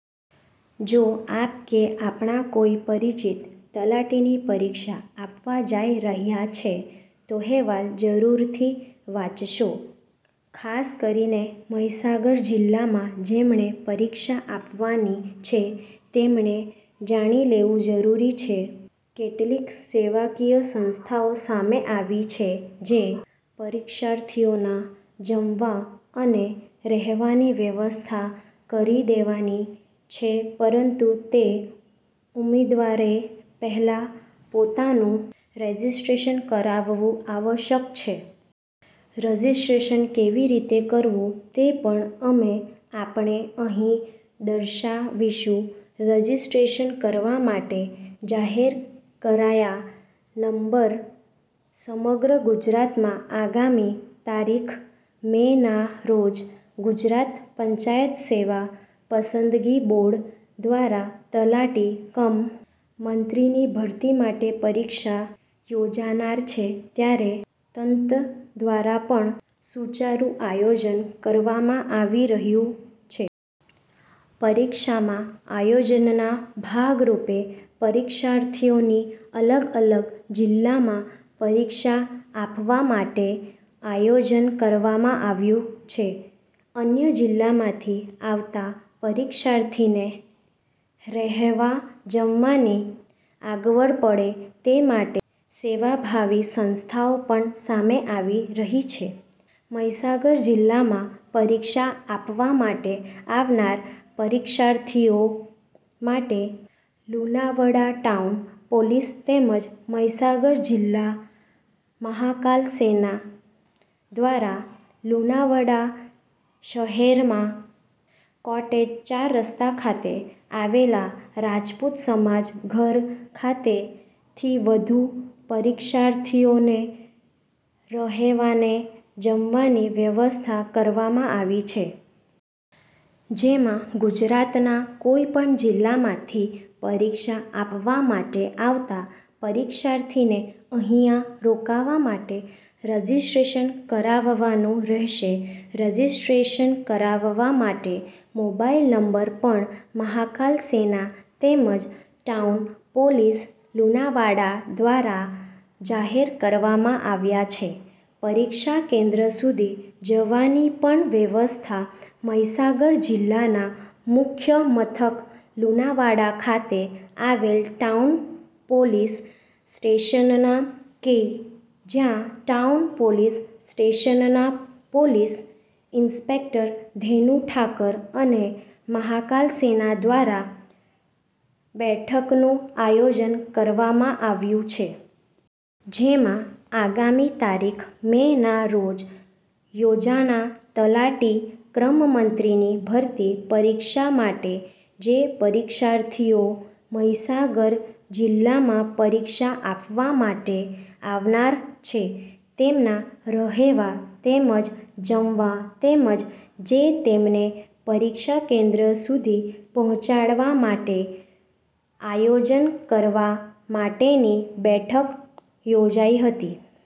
જો આપ કે આપના કોઈ પરિચિત તલાટીની પરીક્ષા આપવા જઈ રહ્યા છે તોઅહેવાલ જરૂરથી વાંચશો. ખાસ કરીને મહીસાગર જિલ્લામાં જેમને પરીક્ષા આપવાની છે તેમને જાણી લેવું જરૂરી છે. કેટલીક સેવાકીય સંસ્થાઓ સામે આવી છે જે પરીક્ષાર્થીઓના જમવા અને રહેવાની વ્યવસ્થા કરી દેવાની છે પરંતુ તે ઉમેદવારે પહેલા પોતાનું રજીસ્ટ્રેશન કરાવવું આવશ્યક છે. રજીસ્ટ્રેશન કેવી રીતે કરવું તે પણ અમે આપને અહીં દર્શાવીશું. રજીસ્ટ્રેશન કરવા માટે જાહેર કરાયા નંબર સમગ્ર ગુજરાતમાં આગામી તારીખ મે ના રોજ ગુજરાત પંચાયત સેવા પસંદગી બોર્ડ દ્વારા તલાટી કમ મંત્રીની ભરતી માટે પરીક્ષા યોજાનાર છે, ત્યારે તંત્ર દ્વારા પણ સુચારું આયોજન કરવામાં આવી રહ્યું છે. પરીક્ષામાં આયોજનના ભાગરૂપે પરીક્ષાર્થીઓની અલગ અલગ જિલ્લામાં પરીક્ષા આપવા માટે આયોજન કરવામાં આવ્યું છે. અન્ય જિલ્લામાંથી આવતા પરીક્ષાર્થીને રહેવા જમવાની અગવડપડે તે માટે સેવાભાવિ સંસ્થાઓ પણ સામે આવી રહી છે. મહીસાગર જિલ્લામાં પરીક્ષા આપવા માટે આવનાર પરીક્ષાર્થીઓ માટે લુણાવાડા ટાઉન પોલીસ તેમજ મહીસાગર જિલ્લા મહાકાલ સેના દ્વારા લુણાવાડા શહેરમાં કોટેજ ચાર રસ્તા ખાતે આવેલા રાજપૂત સમાજ ઘર ખાતે થી વધુ પરીક્ષાર્થીઓને રહેવાને જમવાની વ્યવસ્થા કરવામાં આવી છે. જેમાં ગુજરાતના કોઈપણ જિલ્લામાંથી પરીક્ષા આપવા માટે આવતા પરીક્ષાર્થીને અહીંયા રોકાવા માટે રજીસ્ટ્રેશન કરાવવાનું રહેશે રજીસ્ટ્રેશન કરાવવા માટે મોબાઈલ નંબર પણ મહાકાલ સેના તેમજ ટાઉન પોલીસ લુણાવાડા દ્વારા જાહેર કરવામાં આવ્યા છે. પરીક્ષા કેન્દ્ર સુધી જવાની પણ વ્યવસ્થા મહીસાગર જિલ્લાના મુખ્ય મથક લુણાવાડા ખાતે આવેલ ટાઉન પોલીસ સ્ટેશનના કે જ્યાં ટાઉન પોલીસ સ્ટેશનના પોલીસ ઇન્સ્પેક્ટર ધેનુ ઠાકર અને મહાકાલ સેના દ્વારા બેઠકનું આયોજન કરવામાં આવ્યું છે. જેમાં આગામી તારીખ મે ના રોજ યોજાના તલાટી ક્રમમંત્રીની ભરતી પરીક્ષા માટે જે પરીક્ષાર્થીઓ મહીસાગર જિલ્લામાં પરીક્ષા આપવા માટે આવનાર છે. તેમના રહેવા તેમજ જમવા તેમજ જે તેમને પરીક્ષા કેન્દ્ર સુધી પહોંચાડવા માટે આયોજન કરવા માટેની બેઠક યોજાઇ હતી.